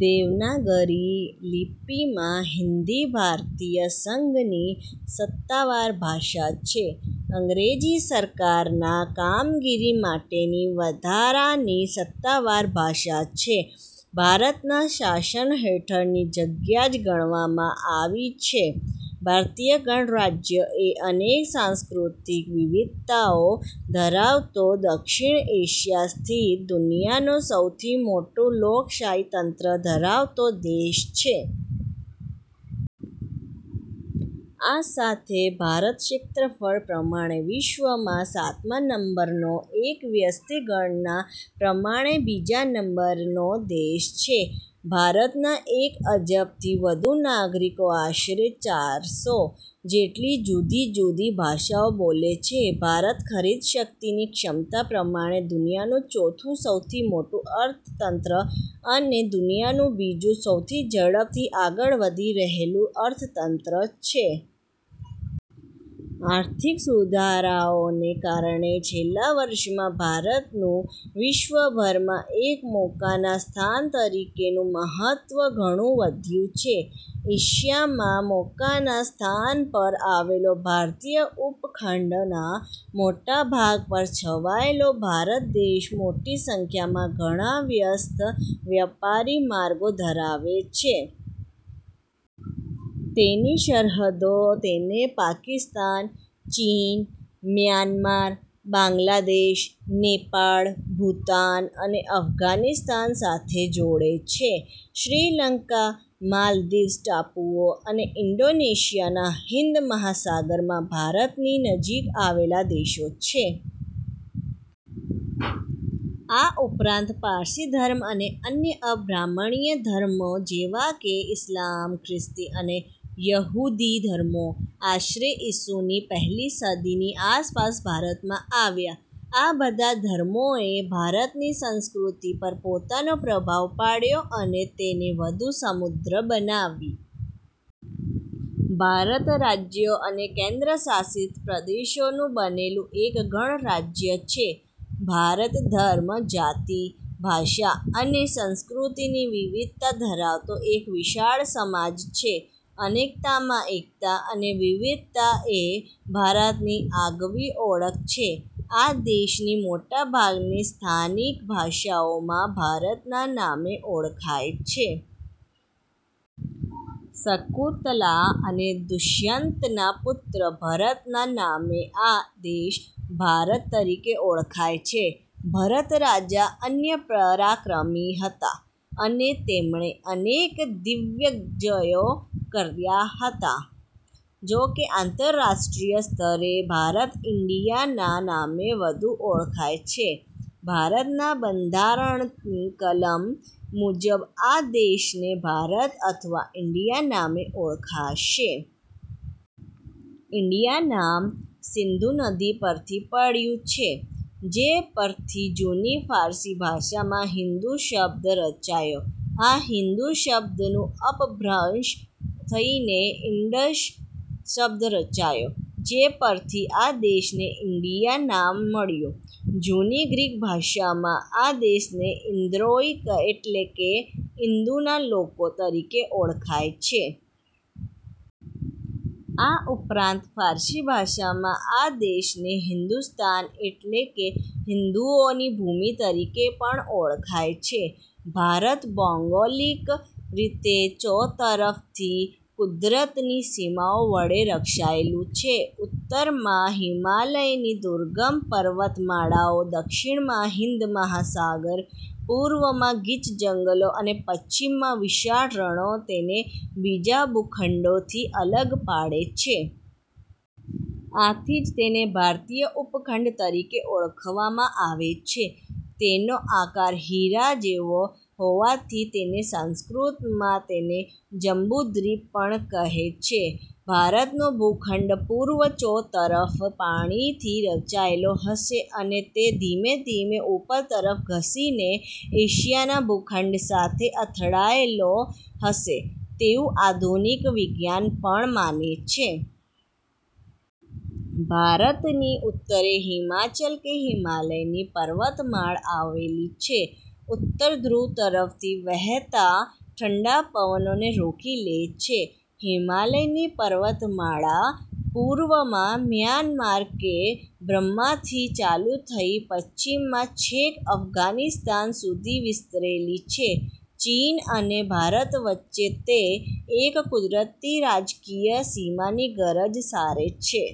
દેવનાગરી લિપિમાં હિન્દી ભારતીય સંઘની સત્તાવાર ભાષા છે. અંગ્રેજી સરકારના કામગીરી માટેની વધારાની સત્તાવાર ભાષા છે. ભારતના શાસન હેઠળની જગ્યા જ ગણવામાં આવી છે. ભારતીય ગણરાજ્ય એ અનેક સાંસ્કૃતિક વિવિધતાઓ ધરાવતો દક્ષિણ એશિયા સ્થિત દુનિયાનો સૌથી મોટું લોકશાહી તંત્ર ધરાવતો દેશ છે. આ સાથે ભારત ક્ષેત્રફળ પ્રમાણે વિશ્વમાં સાતમા નંબરનો અને વસ્તી ગણના પ્રમાણે બીજા નંબરનો દેશ છે. ભારતના એક અબજથી વધુ નાગરિકો આશરે ચારસો જેટલી જુદી-જુદી ભાષાઓ બોલે છે. ભારત, ખરીદશક્તિની ક્ષમતા પ્રમાણે દુનિયાનું ચોથું સૌથી મોટું અર્થતંત્ર, અને દુનિયાનું બીજું સૌથી ઝડપથી આગળ વધી રહેલું અર્થતંત્ર છે. આર્થિક સુધારાઓને કારણે છેલ્લા વર્ષમાં ભારતનું વિશ્વભરમાં એક મોકાના સ્થાન તરીકેનું મહત્વ ઘણું વધ્યું છે. એશિયામાં મોકાના સ્થાન પર આવેલો, ભારતીય ઉપખંડના મોટા ભાગ પર છવાયેલો, ભારત દેશ મોટી સંખ્યામાં ઘણા વ્યસ્ત વેપારી માર્ગો ધરાવે છે. તેની સરહદો તેને પાકિસ્તાન, ચીન, મ્યાનમાર, બાંગ્લાદેશ, નેપાળ, ભૂતાન, અને અફઘાનિસ્તાન સાથે જોડે છે. શ્રીલંકા, માલદીવ્સ ટાપુઓ અને ઇન્ડોનેશિયા, હિંદ મહાસાગરમાં ભારતની નજીક આવેલા દેશો છે. આ ઉપરાંત પારસી ધર્મ અને અન્ય અબ્રાહ્મણીય ધર્મો જેવાં કે ઇસ્લામ, ખ્રિસ્તી, અને યહૂદી ધર્મો આશરે ઇસુની પહેલી સદીની આસપાસ ભારતમાં આવ્યા. આ બધા ધર્મોએ ભારતની સંસ્કૃતિ પર પોતાનો પ્રભાવ પાડ્યો અને તેને વધુ સમૃદ્ધ બનાવી. ભારત રાજ્યો અને કેન્દ્રશાસિત પ્રદેશોનું બનેલું એક ગણરાજ્ય છે. ભારત ધર્મ, જાતિ, ભાષા અને સંસ્કૃતિની વિવિધતા ધરાવતો એક વિશાળ સમાજ છે. 'અનેકતામાં એકતા' અને વિવિધતા એ ભારતની આગવી ઓળખ છે. આ દેશની મોટાભાગની સ્થાનિકભાષાઓમાં ભારતના નામે ઓળખાય છે. શકુંતલા અને દુષ્યંતના પુત્ર ભરતના નામે આ દેશ ભારત તરીકે ઓળખાય છે. ભરત રાજા અત્યંત પરાક્રમી હતાં અને તેમણે અનેક દિગ્વિજયો કર્યા હતાં. જોકે આંતરાષ્ટ્રીય સ્તરે ભારત 'ઇન્ડિયા'ના નામે વધુ ઓળખાય છે. ભારતનાં બંધારણની કલમ મુજબ આ દેશને 'ભારત' અથવા 'ઇન્ડિયા' નામે ઓળખાશે. ઇન્ડિયા નામ 'સિંધુ' નદી પરથી પડ્યું છે, જે પરથી જૂની ફારસી ભાષામાં "હિન્દુ" શબ્દ રચાયો. આ હિન્દુ શબ્દનું અપભ્રંશ થઇને 'ઇન્ડસ' શબ્દ રચાયો, જે પરથી આ દેશને 'ઇન્ડિયા' નામ મળ્યું. જૂની ગ્રીક ભાષામાં આ દેશને 'ઇન્દોઇ' એટલે કે 'ઇન્દુના લોકો' તરીકે ઓળખાય છે. આ ઉપરાંત ફારસી ભાષામાં આ દેશને 'હિન્દુસ્તાન' એટલે કે 'હિન્દુઓની ભૂમિ' તરીકે પણ ઓળખાય છે. ભારત ભૌગોલિક રીતે ચોતરફથી કુદરતી સીમાઓ વડે રક્ષાયેલું છે. ઉત્તરમાં હિમાલયની દુર્ગમ પર્વતમાળાઓ, દક્ષિણમાં હિંદ મહાસાગર, પૂર્વમાં ગીચ જંગલો અને પશ્ચિમમાં વિશાળ રણો તેને બીજા ભૂખંડોથી અલગ પાડે છે. આથી જ તેને ભારતીય ઉપખંડ તરીકે ઓળખવામાં આવે છે. તેનો આકાર હીરા જેવો હોવાથી તેને સંસ્કૃતમાં તેને જંબુદ્વિપ પણ કહે છે. ભારતનો ભૂખંડ પૂર્વે ચોતરફ પાણી થી રક્ષાયેલો હશે અને તે ધીમે ધીમે ઉપર તરફ ધસીને એશિયાના ભૂખંડ સાથે અથડાયો હશે તેવું આધુનિક વિજ્ઞાન પણ માને છે. ભારતની ઉત્તરે હિમાચલ કે હિમાલયની પર્વતમાળ આવેલી છે. ઉત્તર ધ્રુવ તરફથી વહેતા ઠંડા પવનોને તે રોકી લે છે. હિમાલયની પર્વતમાળા પૂર્વમાં મ્યાનમાર કે બર્માથી ચાલુ થઇ પશ્ચિમમાં છેક અફઘાનિસ્તાન સુધી વિસ્તરેલી છે. ચીન અને ભારત વચ્ચે તે એક કુદરતી રાજકીય સીમાની ગરજ સારે છે.